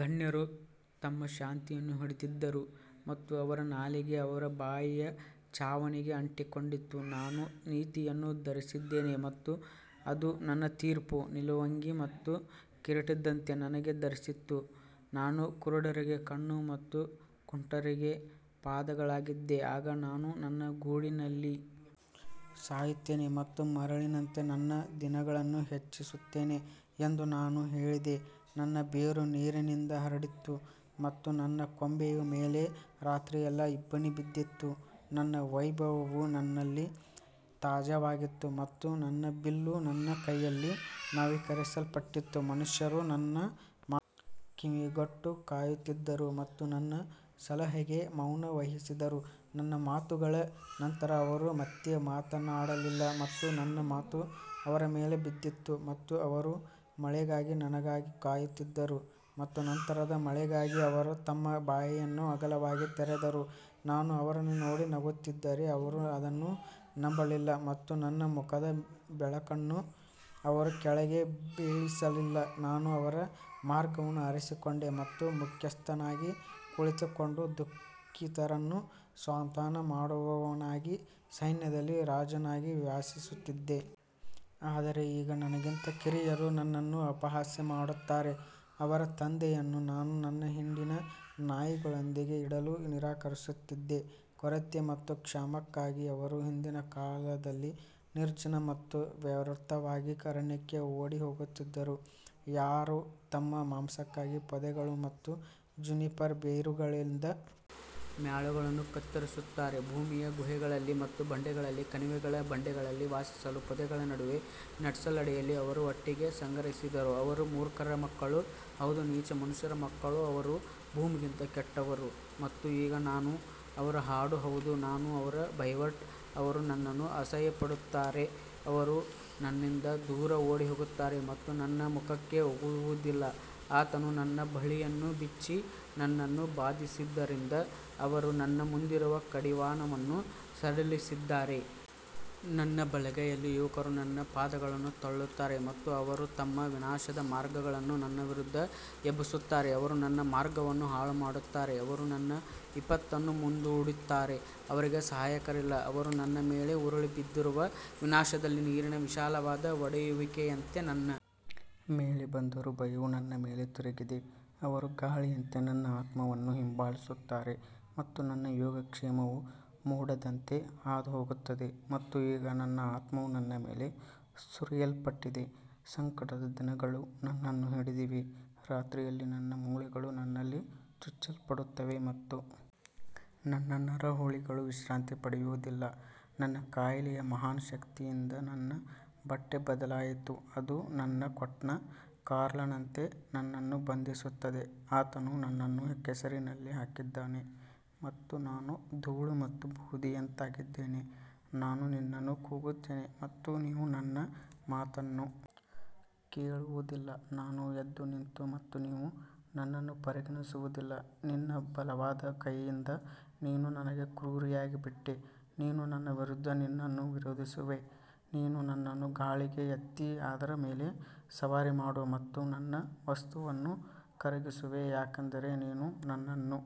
ಗಣ್ಯರು ತಮ್ಮ ಶಾಂತಿಯನ್ನು ಹಿಡಿದಿದ್ದರು ಮತ್ತು ಅವರ ನಾಲಿಗೆ ಅವರ ಬಾಯಿಯ ಛಾವಣಿಗೆ ಅಂಟಿಕೊಂಡಿತು ನಾನು ನೀತಿಯನ್ನು ಧರಿಸಿದ್ದೇನೆ ಮತ್ತು ಅದು ನನ್ನ ತೀರ್ಪು ನಿಲುವಂಗಿ ಮತ್ತು ಕಿರೀಟದಂತೆ ನನಗೆ ಧರಿಸಿತು ನಾನು ಕುರುಡರಿಗೆ ಕಣ್ಣು ಮತ್ತು ಕುಂಟರಿಗೆ ಪಾದಗಳಾಗಿದ್ದೆ ಆಗ ನಾನು ನನ್ನ ಗೂಡಿನಲ್ಲಿ ಸಾಯುತ್ತೇನೆ ಮತ್ತು ಮರಳಿನಂತೆ ನನ್ನ ದಿನಗಳನ್ನು ಹೆಚ್ಚಿಸುತ್ತೇನೆ ಎಂದು ನಾನು ಹೇಳಿದೆ ನನ್ನ ಬೇರು ನೀರಿನಿಂದ ಹರಡಿತು ಮತ್ತು ನನ್ನ ಕೊಂಬೆಯ ಮೇಲೆ ರಾತ್ರಿಯೆಲ್ಲಾ ಇಬ್ಬನಿ ಬಿದ್ದಿತು ನನ್ನ ವೈಭವವು ನನ್ನಲ್ಲಿ ತಾಜಾವಾಗಿತ್ತು ಮತ್ತು ನನ್ನ ಬಿಲ್ಲು ನನ್ನ ಕೈಯಲ್ಲಿ ನವೀಕರಿಸಲ್ಪಟ್ಟಿತು ಮನುಷ್ಯರು ನನ್ನ ಮಾ ಕಿವಿಗೊಟ್ಟು ಕಾಯುತ್ತಿದ್ದರು ಮತ್ತು ನನ್ನ ಸಲಹೆಗೆ ಮೌನ ವಹಿಸಿದರು ನನ್ನ ಮಾತುಗಳ ನಂತರ ಅವರು ಮತ್ತೆ ಮಾತನಾಡಲಿಲ್ಲ ಮತ್ತು ನನ್ನ ಮಾತು ಅವರ ಮೇಲೆ ಬಿದ್ದಿತು ಮತ್ತು ಅವರು ಮಳೆಗಾಗಿ ನನಗಾಗಿ ಕಾಯುತ್ತಿದ್ದರು ಮತ್ತು ನಂತರದ ಮಳೆಗಾಗಿ ಅವರು ತಮ್ಮ ಬಾಯಿಯನ್ನು ಅಗಲವಾಗಿ ತೆರೆದರು ನಾನು ಅವರನ್ನು ನೋಡಿ ನಗುತ್ತಿದ್ದರೆ ಅವರು ಅದನ್ನು ನಂಬಲಿಲ್ಲ ಮತ್ತು ನನ್ನ ಮುಖದ ಬೆಳಕನ್ನು ಅವರು ಕೆಳಗೆ ಬೀಳಿಸಲಿಲ್ಲ ನಾನು ಅವರ ಮಾರ್ಗವನ್ನು ಆರಿಸಿಕೊಂಡೆ ಮತ್ತು ಮುಖ್ಯಸ್ಥನಾಗಿ ಕುಳಿತುಕೊಂಡು ದುಃಖಿತರನ್ನು ಸಾಂತ್ವನ ಮಾಡುವವನಾಗಿ ಸೈನ್ಯದಲ್ಲಿ ರಾಜನಾಗಿ ವಾಸಿಸುತ್ತಿದ್ದೆ. ಆದರೆ ಈಗ ನನಗಿಂತ ಕಿರಿಯರು ನನ್ನನ್ನು ಅಪಹಾಸ್ಯ ಮಾಡುತ್ತಾರೆ, ಅವರ ತಂದೆಯನ್ನು ನಾನು ನನ್ನ ಹಿಂಡಿನ ನಾಯಿಗಳೊಂದಿಗೆ ಇಡಲು ನಿರಾಕರಿಸುತ್ತಿದ್ದೆ. ಕೊರತೆ ಮತ್ತು ಕ್ಷಾಮಕ್ಕಾಗಿ ಅವರು ಹಿಂದಿನ ಕಾಲದಲ್ಲಿ ನಿರ್ಜನ ಮತ್ತು ವ್ಯರ್ಥವಾಗಿ ಅರಣ್ಯಕ್ಕೆ ಓಡಿಹೋಗುತ್ತಿದ್ದರು ಯಾರು ತಮ್ಮ ಮಾಂಸಕ್ಕಾಗಿ ಪೊದೆಗಳು ಮತ್ತು ಜುನಿಪರ್ ಬೇರುಗಳಿಂದ ಮ್ಯಾಲೋಗಳನ್ನು ಕತ್ತರಿಸುತ್ತಾರೆ ಭೂಮಿಯ ಗುಹೆಗಳಲ್ಲಿ ಮತ್ತು ಬಂಡೆಗಳಲ್ಲಿ ಕಣಿವೆಗಳ ಬಂಡೆಗಳಲ್ಲಿ ವಾಸಿಸಲು ಪೊದೆಗಳ ನಡುವೆ ನೆಟಲ್ಸ್ ಅಡಿಯಲ್ಲಿ ಅವರು ಒಟ್ಟಿಗೆ ಸಂಗ್ರಹಿಸಿದರು ಅವರು ಮೂರ್ಖರ ಮಕ್ಕಳು ಹೌದು ನೀಚ ಮನುಷ್ಯರ ಮಕ್ಕಳು ಅವರು ಭೂಮಿಗಿಂತ ಕೆಟ್ಟವರು ಮತ್ತು ಈಗ ನಾನು ಅವರ ಹಾಡು ಹೌದು ನಾನು ಅವರ ಬೈವರ್ಡ್ ಅವರು ನನ್ನನ್ನು ಅಸಹ್ಯಪಡುತ್ತಾರೆ, ಅವರು ನನ್ನಿಂದ ದೂರ ಓಡಿಹೋಗುತ್ತಾರೆ ಮತ್ತು ನನ್ನ ಮುಖಕ್ಕೆ ಉಗುಳುವುದಿಲ್ಲ ಆತನು ನನ್ನ ಬಳ್ಳಿಯನ್ನು ಬಿಚ್ಚಿ ನನ್ನನ್ನು ಬಾಧಿಸಿದ್ದರಿಂದ ಅವರು ನನ್ನ ಮುಂದಿರುವ ಕಡಿವಾಣವನ್ನೂ ಸಡಿಲಿಸಿದ್ದಾರೆ. ನನ್ನ ಬಲಗೈಯಲ್ಲಿ ಯುವಕರು ನನ್ನ ಪಾದಗಳನ್ನು ತಳ್ಳುತ್ತಾರೆ ಮತ್ತು ಅವರು ತಮ್ಮ ವಿನಾಶದ ಮಾರ್ಗಗಳನ್ನು ನನ್ನ ವಿರುದ್ಧ ಎಬ್ಬಿಸುತ್ತಾರೆ ಅವರು ನನ್ನ ಮಾರ್ಗವನ್ನು ಹಾಳುಮಾಡುತ್ತಾರೆ ಅವರು ನನ್ನ ವಿಪತ್ತನ್ನು ಮುಂದಿಡುತ್ತಾರೆ ಅವರಿಗೆ ಸಹಾಯಕರಿಲ್ಲ ಅವರು ನನ್ನ ಮೇಲೆ ಉರುಳಿಬಿದ್ದಿರುವ ವಿನಾಶದಲ್ಲಿ ನೀರಿನ ವಿಶಾಲವಾದ ಒಡೆಯುವಿಕೆಯಂತೆ ನನ್ನ ಮೇಲೆ ಬಂದರು ಭಯವು ನನ್ನ ಮೇಲೆ ತಿರುಗಿದೆ ಅವರು ಗಾಳಿಯಂತೆ ನನ್ನ ಆತ್ಮವನ್ನು ಹಿಂಬಾಲಿಸುತ್ತಾರೆ ಮತ್ತು ನನ್ನ ಯೋಗಕ್ಷೇಮವು ಮೋಡದಂತೆ ಹಾದುಹೋಗುತ್ತದೆ ಮತ್ತು ಈಗ ನನ್ನ ಆತ್ಮವು ನನ್ನ ಮೇಲೆ ಸುರಿಯಲ್ಪಟ್ಟಿದೆ, ಸಂಕಟದ ದಿನಗಳು ನನ್ನನ್ನು ಹಿಡಿದಿವೆ ರಾತ್ರಿಯಲ್ಲಿ ನನ್ನ ಮೂಳೆಗಳು ನನ್ನಲ್ಲಿ ಚುಚ್ಚಲ್ಪಡುತ್ತವೆ ಮತ್ತು ನನ್ನ ನರಹುಲಿಗಳು ವಿಶ್ರಾಂತಿ ಪಡೆಯುವುದಿಲ್ಲ ನನ್ನ ಕಾಯಿಲೆಯ ಮಹಾನ್ ಶಕ್ತಿಯಿಂದ ನನ್ನ ಬಟ್ಟೆ ಬದಲಾಯಿತು ಅದು ನನ್ನ ಕೋಟ್ನ ಕಾಲರ್ನಂತೆ ನನ್ನನ್ನು ಬಂಧಿಸುತ್ತದೆ ಆತನು ನನ್ನನ್ನು ಕೆಸರಿನಲ್ಲಿ ಹಾಕಿದ್ದಾನೆ ಮತ್ತು ನಾನು ಧೂಳು ಮತ್ತು ಬೂದಿಯಂತಾಗಿದ್ದೇನೆ ನಾನು ನಿನ್ನನ್ನು ಕೂಗುತ್ತೇನೆ ಮತ್ತು ನೀವು ನನ್ನ ಮಾತನ್ನು ಕೇಳುವುದಿಲ್ಲ ನಾನು ಎದ್ದುನಿಂತು ಮತ್ತು ನೀವು ನನ್ನನ್ನು ಪರಿಗಣಿಸುವುದಿಲ್ಲ ನಿನ್ನ ಬಲವಾದ ಕೈಯಿಂದ ನೀನು ನನಗೆ ಕ್ರೂರಿಯಾಗಿಬಿಟ್ಟೆ, ನೀನು ನನ್ನ ವಿರುದ್ಧ ನಿನ್ನನ್ನು ವಿರೋಧಿಸುವೆ ನೀನು ನನ್ನನ್ನು ಗಾಳಿಗೆ ಎತ್ತಿ ಅದರ ಮೇಲೆ ಸವಾರಿ ಮಾಡು ಮತ್ತು ನನ್ನ ವಸ್ತುವನ್ನು ಕರಗಿಸುವೆ ಯಾಕಂದರೆ ನೀನು ನನ್ನನ್ನು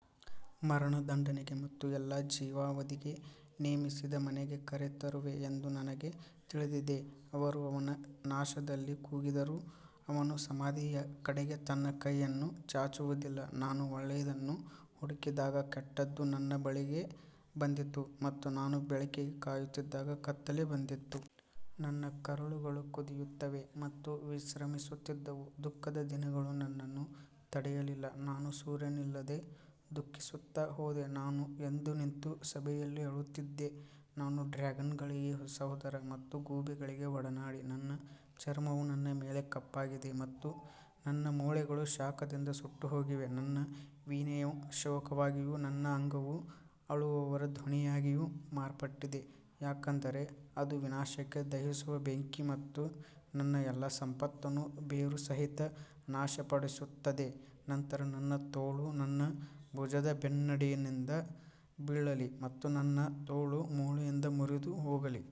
ಮರಣದಂಡನೆಗೆ ಮತ್ತು ಎಲ್ಲಾ ಜೀವಿತಾವಧಿಗೆ ನೇಮಿಸಿದ ಮನೆಗೆ ಕರೆತರುವೆ ಎಂದು ನನಗೆ ತಿಳಿದಿದೆ ಅವರು ಅವನ ನಾಶದಲ್ಲಿ ಕೂಗಿದರೂ ಅವನು ಸಮಾಧಿಯ ಕಡೆಗೆ ತನ್ನ ಕೈಯನ್ನು ಚಾಚುವುದಿಲ್ಲ ನಾನು ಒಳ್ಳೆಯದನ್ನು ಹುಡುಕಿದಾಗ ಕೆಟ್ಟದ್ದು ನನ್ನ ಬಳಿಗೆ ಬಂದಿತು ಮತ್ತು ನಾನು ಬೆಳಕಿಗೆ ಕಾಯುತ್ತಿದ್ದಾಗ ಕತ್ತಲೆ ಬಂದಿತು ನನ್ನ ಕರುಳುಗಳು ಕುದಿಯುತ್ತವೆ ಮತ್ತು ವಿಶ್ರಮಿಸುತ್ತಿದ್ದವು, ದುಃಖದ ದಿನಗಳು ನನ್ನನ್ನು ತಡೆಯಲಿಲ್ಲ ನಾನು ಸೂರ್ಯನಿಲ್ಲದೆ ದುಃಖಿಸುತ್ತಾ ಹೋದೆ, ನಾನು ಎದ್ದುನಿಂತು ಸಭೆಯಲ್ಲಿ ಅಳುತ್ತಿದ್ದೆ ನಾನು ಡ್ರ್ಯಾಗನ್ಗಳಿಗೆ ಸಹೋದರ ಮತ್ತು ಗೂಬೆಗಳಿಗೆ ಒಡನಾಡಿ ನನ್ನ ಚರ್ಮವು ನನ್ನ ಮೇಲೆ ಕಪ್ಪಾಗಿದೆ ಮತ್ತು ನನ್ನ ಮೂಳೆಗಳು ಶಾಖದಿಂದ ಸುಟ್ಟುಹೋಗಿವೆ ನನ್ನ ವೀಣೆಯು ಶೋಕವಾಗಿಯೂ ನನ್ನ ಅಂಗವು ಅಳುವವರ ಧ್ವನಿಯಾಗಿಯೂ ಮಾರ್ಪಟ್ಟಿದೆ ಯಾಕಂದರೆ ಅದು ವಿನಾಶಕ್ಕೆ ದಹಿಸುವ ಬೆಂಕಿ ಮತ್ತು ನನ್ನ ಎಲ್ಲಾ ಸಂಪತ್ತನ್ನು ಬೇರುಸಹಿತ ನಾಶಪಡಿಸುತ್ತದೆ ನಂತರ ನನ್ನ ತೋಳು ನನ್ನ ಭುಜದ ಬ್ಲೇಡ್ನಿಂದ ಬೀಳಲಿ ಮತ್ತು ನನ್ನ ತೋಳು ಮೂಳೆಯಿಂದ ಮುರಿದು ಹೋಗಲಿ.